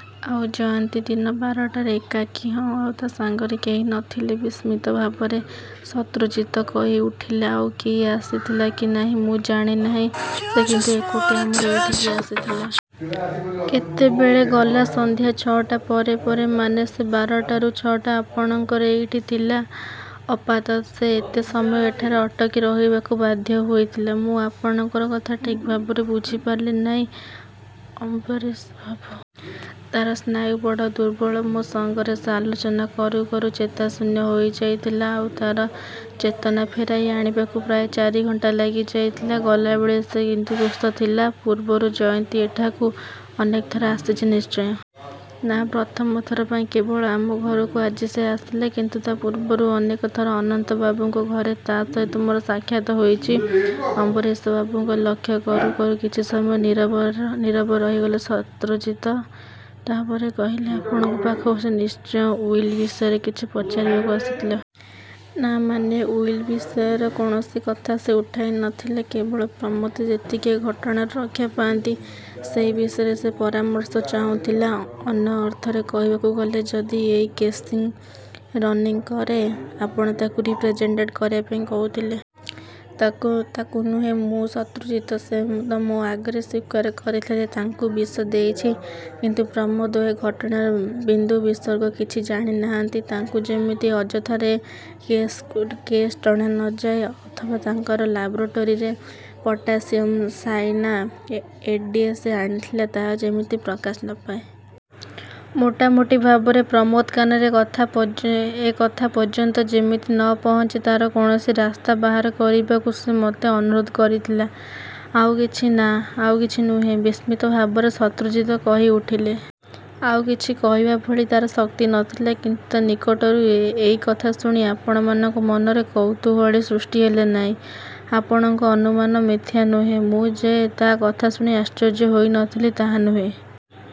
' 'ଆଉ ଜୟନ୍ତୀ? ' 'ଦିନ ବାରଟାରେ' 'ଏକାକୀ.? 'ହଁ. ' 'ଆଉ ତା' ସଙ୍ଗରେ କେହି ନ ଥିଲେ? ' ବିସ୍ମିତ ଭାବରେ ଶତ୍ରୁଜିତ କହିଉଠିଲେ। 'ଆଉ କିଏ ଆସିଥିଲା କି ନାହିଁ ମୁ ଜାଣେ ନାହିଁ। ସେ କିନ୍ତୁ ଏକୁଟିଆ ଆମର ଏଇଠିକି ଆସିଥିଲା। ' 'କେତେବେଳେ ଗଲା? ' 'ସଂଧ୍ୟା ଛ'ଟା ପରେ ପରେ' 'ମାନେ, ସେ ବାରଟାରୁ ଛ'ଟା ଆପଣଙ୍କର ଏଇଠି ଥିଲା? ' 'ଆପାତତଃ ସେ ଏତେ ସମୟ ଏଠାରେ ଅଟକି ରହିବାକୁ ବାଧ୍ୟ ହୋଇଥିଲା। ' 'ମୁଁ ଆପଣଙ୍କର କଥା ଠିକ୍ ଭାବରେ ବୁଝିପାରିଲି ନାହିଁ, ଅମ୍ବରୀଶବାବୁ! ' 'ତା'ର ସ୍ନାୟୁ ବଡ଼ ଦୁର୍ବଳ। ମୋ ସଙ୍ଗରେ ସେ ଆଲୋଚନା କରୁଁ କରୁଁ ଚେତାଶୂନ୍ୟ ହେଇଯାଇଥିଲା। ଆଉ ତା'ର ଚେତନା ଫେରାଇ ଆଣିବାକୁ ପ୍ରାୟ ଚାରିଘଣ୍ଟା ଲାଗିଯାଇଥିଲା। ଗଲାବେଳେ ସେ କିନ୍ତୁ ସୁସ୍ଥ ଥିଲା। ' 'ପୂର୍ବରୁ ଜୟନ୍ତୀ ଏଠାକୁ ଅନେକଥର ଆସିଛି ନିଶ୍ଚୟ! ' 'ନା, ପ୍ରଥମ ଥର ପାଇଁ କେବଳ ଆମ ଘରକୁ ଆଜି ସେ ଆସିଲା। କିନ୍ତୁ ତା' ପୂର୍ବରୁ ଅନେକଥର ଅନନ୍ତବାବୁଙ୍କ ଘରେ ତା' ସହିତ ମୋର ସାକ୍ଷାତ ହେଇଛି। ' 'ଅମ୍ବରୀଶବାବୁଙ୍କୁ ଲକ୍ଷ୍ୟ କରୁ କରୁ କିଛି ସମୟ ନୀରବ ରହିଗଲେ ଶତ୍ରୁଜିତ। ତା'ପରେ କହିଲେ, 'ଆପଣଙ୍କ ପାଖକୁ ସେ ନିଶ୍ଚୟ ଉଇଲ୍ ବିଷୟରେ କିଛି ପଚାରିବାକୁ ଆସିଥିଲା-? ' 'ନା' 'ମାନେ.? ' 'ଉଇଲୁ ବିଷୟର କୌଣସି କଥା ସେ ଉଠାଇ ନ ଥିଲା। କେବଳ ପ୍ରମୋଦ ଯେମିତି ଏ ଘଟଣାରୁ ରକ୍ଷା ପାଆନ୍ତି, ସେଇ ବିଷୟରେ ସେ ପରାମର୍ଶ ଚାହୁଁଥିଲା। ' 'ଅନ ଅର୍ଥରେ କହିବାକୁ ଗଲେ, ଯଦି ଏଇ କେସ୍ଟି ରନିଙ୍ଗ କରେ, ଆପଣ ତାକୁ ରିପ୍ରେଜେଣ୍ଟ କରିବାପାଇଁ କହୁଥିଲା? ' ତାକୁ ନୁହେଁ, ମି: ଶତ୍ରୁଜିତ! ସେ ତ ମୋ ଆଗରେ ସ୍ୱୀକାର କରିଥିଲା ଯେ ସେ ତାଙ୍କୁ ବିଷ ଦେଇଛି। କିନ୍ତୁ ପ୍ରମୋଦ ଏ ଘଟଣାର ବିନ୍ଦୁବିସର୍ଗ କିଛି ଜାଣିନାହାନ୍ତି। ତାଙ୍କୁ ଯେମିତି ଅଯଥାରେ ଏ କେସ୍କୁ ଟଣା ନ ଯାଏ, ଅଥବା ତାଙ୍କର ଲାବୋରେଟାରୀରୁ ପଟାସିଅମ ସାଇନାଏଡ୍ଯେ ସେ ଆଣିଥିଲା, ତାହା ଯେମିତି ପ୍ରକାଶ ନ ପାଏ। ମୋଟାମୋଟି ଭାବରେ ପ୍ରମୋଦ କାନରେ ଏ କଥା ପର୍ଯ୍ୟନ୍ତ ଯେମିତି ନ ପହଞ୍ଚେ, ତା'ର କୌଣସି ରାସ୍ତା ବାହାର କରିବାକୁ ସେ ମୋତେ ଅନୁରୋଧ କରିଥିଲା। ' 'ଆଉ କଛି? ' 'ନା. ' 'ଆଉ କିଛି ନୁହେଁ? ' ବିସ୍ମିତ ଭାବରେ ଶତ୍ରୁଜିତ କହି ଉଠିଲେ। 'ଆଉ କିଛି କହିବାଭଳି ତା'ର ଶକ୍ତି ନ ଥିଲା। ' କିନ୍ତୁ ତା ନିକଟରୁ ଏଇ କଥା ଶୁଣି ଆପଣଙ୍କ ମନରେ କୌତୁହଳୀ ସୃଷ୍ଟି ହେଲା ନାହିଁ-? ' 'ଆପଣଙ୍କ ଅନୁମାନ ମିଥ୍ୟା ନୁହେଁ। ମୁଁ ଯେ ତା କଥା ଶୁଣି ଆଶ୍ଚର୍ଯ୍ୟ ହେଇ ନ ଥିଲି, ତାହା ନୁହେଁ।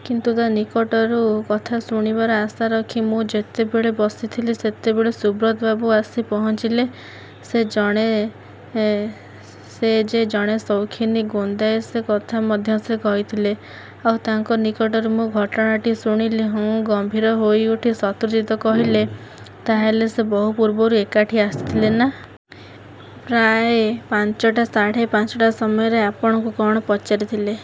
କିନ୍ତୁ ତା ନିକଟରୁ କଥା ଶୁଣିବାର ଆଶା ରଖି ମୁଁ ଯେତେବେଳେ ବସିଥିଲି, ସେତେବେଳେ ସୁବ୍ରତ ବାବୁ ଆସି ପହଞ୍ଚିଲେ। ସେ ଯେ ଜଣେ ସୌଖୀନ ଗୋଏନ୍ଦା ସେ କଥା ମଧ୍ୟ ସେ କହିଥିଲେ। ଆଉ ତାଙ୍କ ନିକଟରୁ ମୁଁ ଘଟଣାଟି ଶୁଣିଲି। ' 'ହୁଁ' ଗମ୍ଭୀର ହୋଇଉଠି ଶତ୍ରୁଜିତ କହିଲେ, 'ତା'ହେଲେ ସେ ବହୁ ପୂର୍ବରୁ ଏଠାକୁ ଆସିଥିଲେ, ନା? ' 'ପ୍ରାୟ ପାଞ୍ଚଟା ସାଢ଼େ ପାଞ୍ଚଟା ସମୟରେ। ' 'ଆପଣଙ୍କୁ କ'ଣ ପଚାରିଥିଲେ?